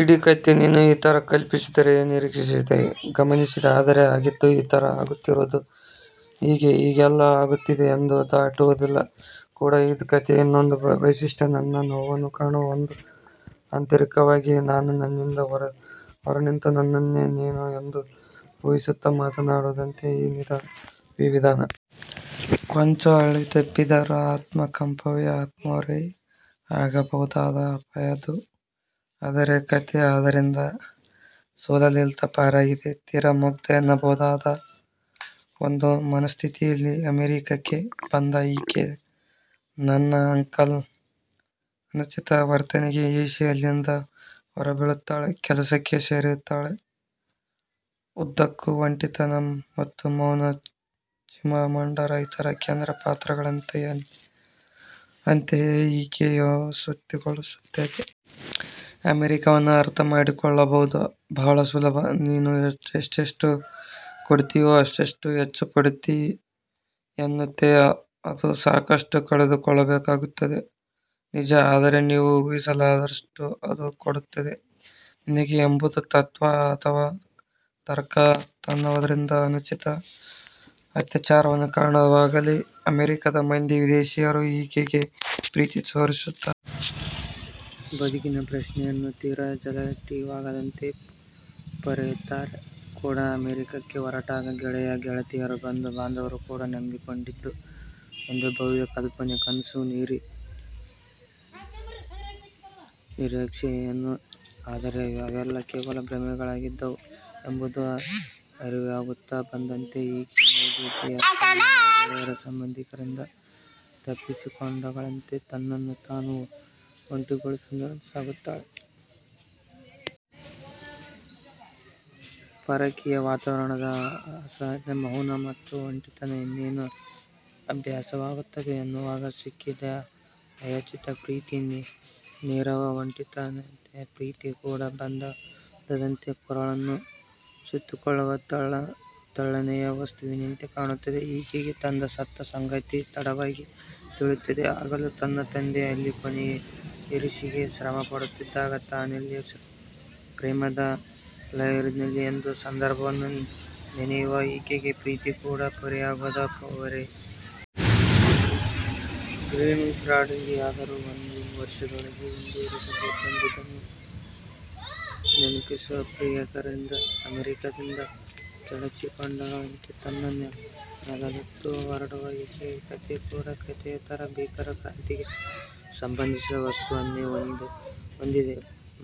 ಇಡೀ ಕತೆ ನೀನು ಈ ತರ ಕಲ್ಪಿಸಿದೆ, ನಿರೀಕ್ಷಿಸಿದೆ, ಕನಸಿದೆ ಆದರೆ ಆಗಿದ್ದು ಈ ತರ, ಆಗುತ್ತಿರುವುದು ಹೀಗೆ, ಹೀಗೆಲ್ಲ ಆಗುತ್ತಿದೆ ಎಂಬ ಧಾಟಿಯಲ್ಲಿರುವುದು ಕೂಡ ಈ ಕಥೆಯ ಇನ್ನೊಂದು ವೈಶಿಷ್ಟ್ಯ. ನನ್ನ ನೋವನ್ನು ಕಾಣುವ ಒಂದು ಅಂತರಕ್ಕಾಗಿಯೇ ನಾನು ನನ್ನಿಂದ ಹೊರನಿಂತು ನನ್ನನ್ನೇ ನೀನು ಎಂದು ಊಹಿಸುತ್ತ ಮಾತನಾಡಿದಂತಿದೆ ಈ ವಿಧಾನ. ಕೊಂಚ ಹಳಿತಪ್ಪಿದರೂ ಆತ್ಮಾನುಕಂಪವೋ, ಆತ್ಮರತಿಯೋ ಆಗಬಹುದಾದ ಅಪಾಯದ್ದು. ಆದರೆ ಕತೆ ಅದರಿಂದ ಸುಲಲಿತ ಪಾರಾಗಿದೆ. ತೀರ ಮುಗ್ಧ ಎನ್ನಬಹುದಾದ ಒಂದು ಮನಸ್ಥಿತಿಯಲ್ಲಿ ಅಮೆರಿಕಕ್ಕೆ ಬಂದ ಈಕೆ ತನ್ನ ಅಂಕಲ್ನ ಅನುಚಿತ ವರ್ತನೆಗೆ ಹೇಸಿ ಅಲ್ಲಿಂದ ಹೊರಬೀಳುತ್ತಾಳೆ. ಕೆಲಸಕ್ಕೆ ಸೇರುತ್ತಾಳೆ. ಉದ್ದಕ್ಕೂ ಒಂಟಿತನ ಮತ್ತು ಮೌನ ಚಿಮಾಮಾಂಡರ ಇತರ ಕೇಂದ್ರ ಪಾತ್ರಗಳನ್ನೆಂತೋ ಅಂತೆಯೇ ಈಕೆಯನ್ನೂ ಸುತ್ತಿಕೊಳ್ಳುತ್ತದೆ. 'ಅಮೆರಿಕವನ್ನು ಅರ್ಥಮಾಡಿಕೊಳ್ಳುವುದು ಬಹಳ ಸುಲಭ! ನೀನು ಎಷ್ಟೆಷ್ಟು ಕೊಡುತ್ತೀಯೋ ಅಷ್ಟಷ್ಟು ಹೆಚ್ಚು ಪಡೆಯುತ್ತೀ ಎನ್ನುತ್ತೆ ಅದು ಸಾಕಷ್ಟು ಕಳೆದುಕೊಳ್ಳಬೇಕಾಗುತ್ತೆ ನಿಜ. ಆದರೆ ನೀನು ಊಹಿಸಲಾರದಷ್ಟನ್ನು ಅದು ಕೊಡುತ್ತದೆ ನಿನಗೆ ಎಂಬುದು ತತ್ವ. ಅಥವಾ ತರ್ಕ ತನ್ನವರಿಂದ ಅನುಚಿತ ಅತ್ಯಾಚಾರವನ್ನು ಕಾಣುವಾಗಲೇ ಅಮೆರಿಕದ ಮಂದಿ ವಿದೇಶೀಯರು ಈಕೆಗೆ ಪ್ರೀತಿ ತೋರಿಸುತ್ತಾರೆ. ಬದುಕಿನ ಪ್ರಶ್ನೆಯನ್ನು ತೀರ ಜಟಿಲವಾಗದಂತೆ ಪೊರೆಯುತ್ತಾರೆ ಕೂಡ ಅಮೆರಿಕಕ್ಕೆ ಹೊರಟಾಗ ಗೆಳೆಯ ಗೆಳತಿಯರು, ಬಂಧು ಬಾಂಧವರು ಕೂಡ ನಂಬಿಕೊಂಡಿದ್ದು ಒಂದು ಭವ್ಯ ಕಲ್ಪನೆ, ಕನಸು, ನಿರೀಕ್ಷೆಗಳನ್ನೇ ಆದರೆ ಅವೆಲ್ಲ ಕೇವಲ ಭ್ರಮೆಗಳಾಗಿದ್ದವು ಎಂಬುದು ಅರಿವಾಗುತ್ತ ಬಂದಂತೆ ಈಕೆ ನೈಜೀರಿಯಾದ ತನ್ನೆಲ್ಲಾ ಗೆಳೆಯರು-ಸಂಬಂಧಿಕರಿಂದ ತಪ್ಪಿಸಿಕೊಂಡವಳಂತೆ ತನ್ನನ್ನು ತಾನು ಒಂಟಿಗೊಳಿಸಿಕೊಳ್ಳುತ್ತ ಸಾಗುತ್ತಾಳೆ. ಪರಕೀಯ ವಾತಾವರಣದ ಅಸಹನೀಯ ಮೌನ ಮತ್ತು ಒಂಟಿತನ ಇನ್ನೇನು ಅಭ್ಯಾಸವಾಗುತ್ತದೆ ಎನ್ನುವಾಗ ಸಿಕ್ಕಿದ ಅಯಾಚಿತ ಪ್ರೀತಿ. ನೀರವ ಒಂಟಿತನದಂತೆಯೇ ಪ್ರೀತಿ ಕೂಡ ಬಂಧನದಂತೆ ಕೊರಳನ್ನು ಸುತ್ತಿಕೊಳ್ಳುವ ತೆಳ್ಳನೆಯ ವಸ್ತುವಿನಂತೆ ಕಾಣುತ್ತದೆಯೆ ಈಕೆಗೆ ತಂದೆ ಸತ್ತ ಸಂಗತಿ ತಡವಾಗಿ ತಿಳಿಯುತ್ತದೆ. ಆಗಲೂ ತನ್ನ ತಂದೆ ಅಲ್ಲಿ ಕೊನೆಯುಸಿರಿಗೆ ಶ್ರಮಪಡುತ್ತಿದ್ದಾಗ ತಾನಿಲ್ಲಿ ಪ್ರೇಮದ ಲಹರಿಯಲ್ಲಿದ್ದೆನೆ ಎಂದು ಸಂದರ್ಭವನ್ನು ನೆನೆಯುವ ಈಕೆಗೆ ಪ್ರೀತಿ ಕೂಡ ಪೊರೆಯಲಾಗದ ಹೊರೆಯೇ. ಗ್ರೀನ್ಕಾರ್ಡ್ಗಾಗಿಯಾದರೂ ಒಂದು ವರ್ಷದೊಳಗೇ ಹಿಂದಿರುಗಬೇಕೆಂಬುದನ್ನು ನೆನಪಿಸುವ ಪ್ರಿಯಕರನಿಂದ ಅಮೆರಿಕದಿಂದ ಕಳಚಿಕೊಂಡವಳಂತೆ ತನ್ನ ನೆಲದತ್ತ ಹೊರಡುವ ಈಕೆಯ ಕತೆ ಕೂಡಾ ಕತೆಯ ತರ ಬೀಕರ ಕ್ರಾಂತಿಗೆ ಸಂಬಂಧಿಸಿದ ವಸ್ತುವನ್ನೇ ಹೊಂದಿದೆ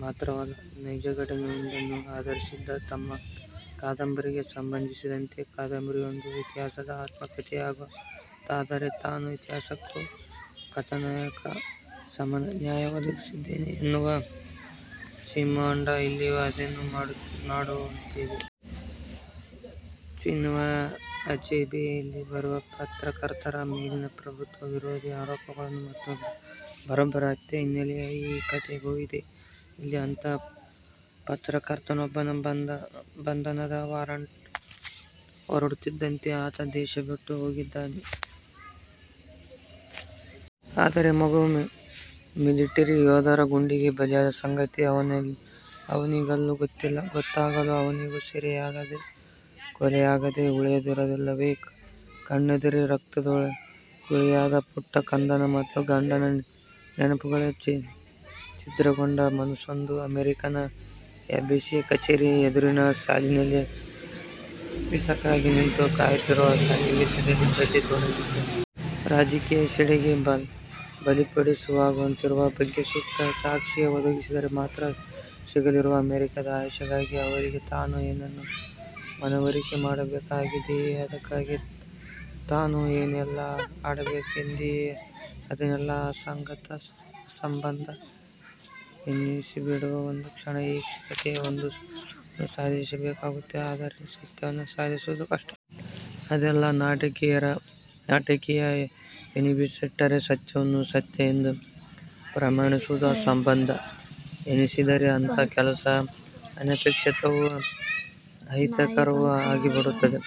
ಮಾತ್ರವಲ್ಲ ನೈಜಘಟನೆಯೊಂದನ್ನು ಆಧರಿಸಿದ್ದು. ತಮ್ಮ ಕಾದಂಬರಿಗೆ ಸಂಬಂಧಿಸಿದಂತೆ 'ಕಾದಂಬರಿಯೊಂದು ಇತಿಹಾಸದ ಆತ್ಮಕಥೆಯಾಗುವುದಾದರೆ ತಾನು ಇತಿಹಾಸಕ್ಕೂ ಕಥಾನಕಕ್ಕೂ ಸಮಾನ ನ್ಯಾಯ ಒದಗಿಸಿದ್ದೇನೆ' ಎನ್ನುವ ಚಿಮಾಮಾಂಡ ಇಲ್ಲಿಯೂ ಅದನ್ನೇ ಮಾಡಿರುವಂತಿದೆ. ಚಿನುವ ಅಚೀಬೆಯದಲ್ಲಿ ಬರುವ ಪತ್ರಕರ್ತರ ಮೇಲಿನ ಪ್ರಭುತ್ವ ವಿರೋಧಿ ಆರೋಪಗಳು ಮತ್ತು ಬರ್ಬರ ಹತ್ಯೆಗಳ ಹಿನ್ನೆಲೆಯೇ ಈ ಕತೆಗೂ ಇದೆ. ಇಲ್ಲಿ ಅಂಥ ಪತ್ರಕರ್ತನೊಬ್ಬನ ಬಂಧನದ ವಾರಂಟ್ ಹೊರಡುತ್ತಿದ್ದಂತೆ ಆತ ದೇಶ ಬಿಟ್ಟು ಹೋಗಿದ್ದಾನೆ. ಪತ್ನಿ ಮತ್ತು ಪುಟ್ಟ ಮಗು ಆದಷ್ಟು ಬೇಗ ತನ್ನನ್ನು ಕೂಡಿಕೊಳ್ಳುತ್ತಾರೆ ಎನ್ನುವ ಭರವಸೆಯಿಂದ ಹೋಗಿದ್ದಾನೆ. ಆದರೆ ಮಗು ಮಿಲಿಟರಿ ಯೋಧರ ಗುಂಡಿಗೆ ಬಲಿಯಾದ ಸಂಗತಿ ಅವನಿಗಿನ್ನೂ ಗೊತ್ತಿಲ್ಲ. ಗೊತ್ತಾಗಲು ಅವನಿನ್ನೂ ಸೆರೆಯಾಗದೆ, ಕೊಲೆಯಾಗದೆ ಉಳಿದಿದ್ದರಲ್ಲವೆ ಕಣ್ಣೆದುರೇ ರಕ್ತದೋಕುಳಿಯಾದ ಪುಟ್ಟ ಕಂದನ ಮತ್ತು ಗಂಡನ ನೆನಪುಗಳಡಿ ಛಿದ್ರಗೊಂಡ ಮನಸ್ಸೊಂದು ಅಮೆರಿಕನ್ ಎಂಬಸಿಯ ಕಛೇರಿ ಎದುರಿನ ಸಾಲಿನಲ್ಲಿ ವೀಸಾಕ್ಕಾಗಿ ನಿಂತು ಕಾಯುತ್ತಿರುವ ಸನ್ನಿವೇಶದಲ್ಲಿ ಕತೆ ತೊಡಗುತ್ತದೆ. ರಾಜಕೀಯ ಸೇಡಿಗೆ ಬಲಿಪಶುವಾಗುತ್ತಿರುವ ಬಗ್ಗೆ ಸೂಕ್ತ ಸಾಕ್ಷ್ಯ ಒದಗಿಸಿದರೆ ಮಾತ್ರ ಸಿಗಲಿರುವ ಅಮೆರಿಕದ ಆಸರೆಗಾಗಿ ಅವರಿಗೆ ತಾನು ಏನನ್ನು ಮನವರಿಕೆ ಮಾಡಬೇಕಾಗಿದೆಯೋ, ಅದಕ್ಕಾಗಿ ತಾನು ಏನೇನೆಲ್ಲ ಆಡಬೇಕಿದೆಯೋ ಅದೆಲ್ಲವೂ ಅಸಂಗತ, ಅಸಂಬದ್ಧ ಎನಿಸಿಬಿಡುವ ಒಂದು ಕ್ಷಣ ಈ ಕತೆಯ ಬಿಂದು. ಸುಳ್ಳನ್ನು ಸಾಧಿಸಬೇಕಾಗುತ್ತದೆ ಆದರೆ ಸತ್ಯವನ್ನು ಸಾಧಿಸುವುದು ಕಷ್ಟ. ಅದೆಲ್ಲ ನಾಟಕೀಯವೆನಿಸಿಬಿಟ್ಟರೆ ಸತ್ಯವನ್ನು ಸತ್ಯ ಎಂದು ಪ್ರಮಾಣಿಸುವುದು ಅಸಂಬದ್ಧ ಎನಿಸಿದರೆ ಅಂಥ ಕೆಲಸ ಅನಪೇಕ್ಷಿತವೂ ಅಹಿತಕರವೂ ಆಗಿಬಿಡುತ್ತದೆ.